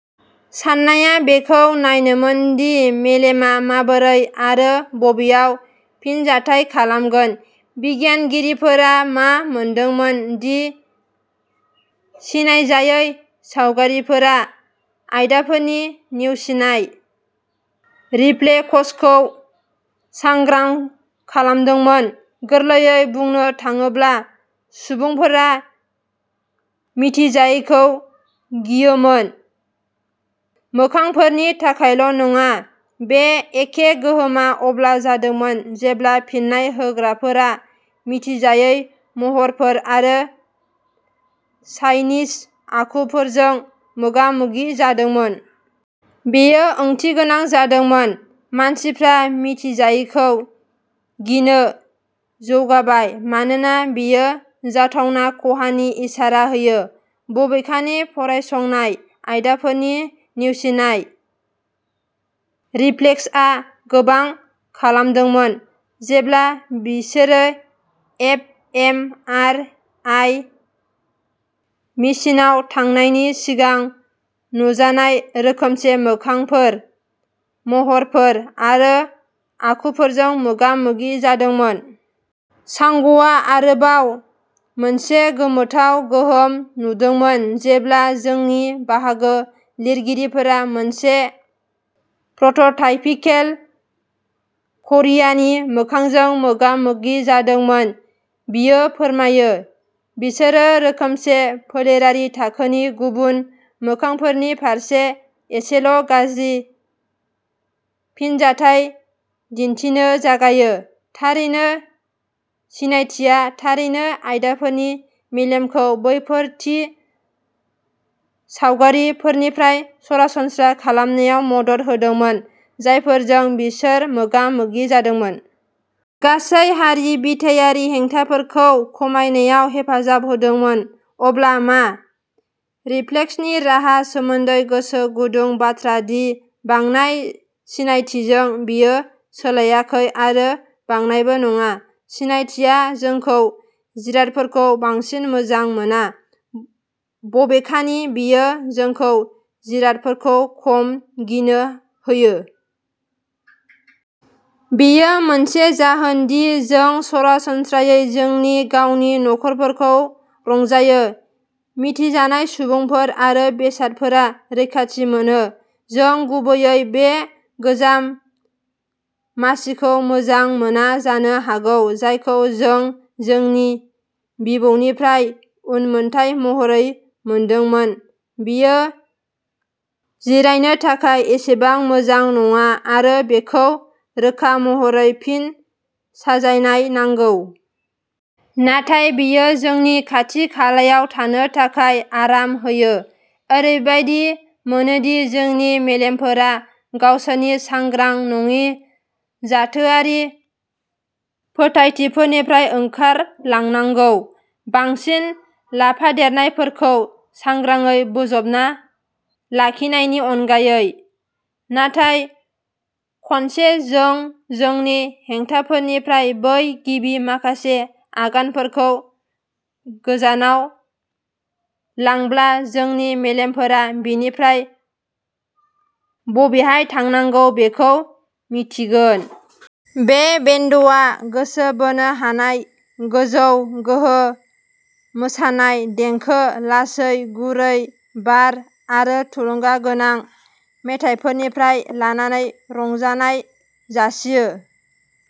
साननाया बेखौ नायनोमोन दि मेलेमआ माबोरै आरो बबेयाव फिनजाथाय खालामगोन। बिगियानगिरिफोरा मा मोनदोंमोन दि सिनायजायै सावगारिफोरा आयदाफोरनि नेवसिनाय रिफ्लेक्सखौ सांग्रां खालामदोंमोन गोरलैयै बुंनो थाङोब्ला, सुबुंफोरा मिथिजायैखौ गियोमोन। मोखांफोरनि थाखायल' नङा, बे एखे गोहोमआ अब्ला जादोंमोन जेब्ला फिन्नाय होग्राफोरा मिथिजायै महरफोर आरो चाइनिज आखुफोरजों मोगा मोगि जादोंमोन। बेयो ओंथिगोनां जादोंमोन मानसिफ्रा मिथिजायैखौ गिनो जौगाबाय मानोना बियो जाथावना खहानि इसारा होयो। बबेखानि, फरायसंनाय आयदाफोरनि नेवसिनाय रिफ्लेक्सआ गोबां खमायदोंमोन जेब्ला बिसोरो एफ एम आर आइ मेसिनआव थांनायनि सिगां नुजानाय रोखोमसे मोखांफोर, महरफोर आरो आखुफोरजों मोगा मोगि जादोंमोन। झांगआ आरोबाव मोनसे गोमोथाव गोहोम नुदोंमोन। जेब्ला जोंनि बाहागो लागिरिफोरा मोनसे प्रोटोटाइपिकेल क'रियानि मोखांजों मोगा मोगि जादोंमोन बियो फोरमायो, बिसोरो रोखोमसे फोलेरारि थाखोनि गुबुन मोखांफोरनि फारसे एसेल' गाज्रि फिनजाथाय दिनथिनो जागायो। थारैनो, सिनायथिआ थारैनो आयदाफोरनि मेलेमखौ बैफोर थि सावगारिफोरनिफ्राय सरासनस्रा खालामनायाव मदद होदोंमोन जायफोरजों बिसोर मोगा मोगि जादोंमोन। गासै हारि बिथायारि हेंथाफोरखौ खमायनायाव हेफाजाब होदोंमोन। अब्ला मा? रिफ्लेक्सनि राहा सोमोन्दै, गोसो गुदुं बाथ्रा दि, बांनाय सिनायथिजों, बेयो सोलायाखै आरो बांनायबो नङा। सिनायथिआ जोंखौ जिरादफोरखौ बांसिन मोजां मोना। बबेखानि, बेयो जोंखौ जिरादफोरखौ खम गिनो होयो। बेयो मोनसे जाहोन दि जों सरासनस्रायै जोंनि गावनि न'खरफोरखौ रंजायो। मिथिजानाय सुबुंफोर आरो बेसादफोरा रैखाथि मोनो। जों गुबैयै बे गोजाम मासिखौ मोजां मोना जानो हागौ जायखौ जों जोंनि बिबौनिफ्राय उनमोनथाइ महरै मोनदोंमोन बेयो जिरायनो थाखाय एसेबां मोजां नङा आरो बेखौ रोखा महरै फिन साजायनाय नांगौ । नाथाय बेयो जोंनो खाथि-खालायाव थानो थाखाय आराम होयो। ओरैबादि मोनोदि जोंनि मेलेमफोरा गावसोरनि सांग्रां नङि जाथोआरि फोथायथिफोरनिफ्राय ओंखारलांनांगौ, बांसिन लाफादेरनायफोरखौ सांग्राङै बोजबना लाखिनायनि अनगायै। नाथाय खनसे जों जोंनि हेंथाफोरनिफ्राय बै गिबि माखासे आगानफोरखौ गोजानाव लांब्ला, जोंनि मेलेमफोरा बेनिफ्राय बबेहाय थांनांगौ बेखौ मिन्थिगोन। बे बेन्डआ गोसो बोनो हानाय गोजौ गोहो मोसानाय देंखो, लासै गुरै बार आरो थुलुंगा गोनां मेथाइफोरनिफ्राय लानानै रंजानाय जासियो।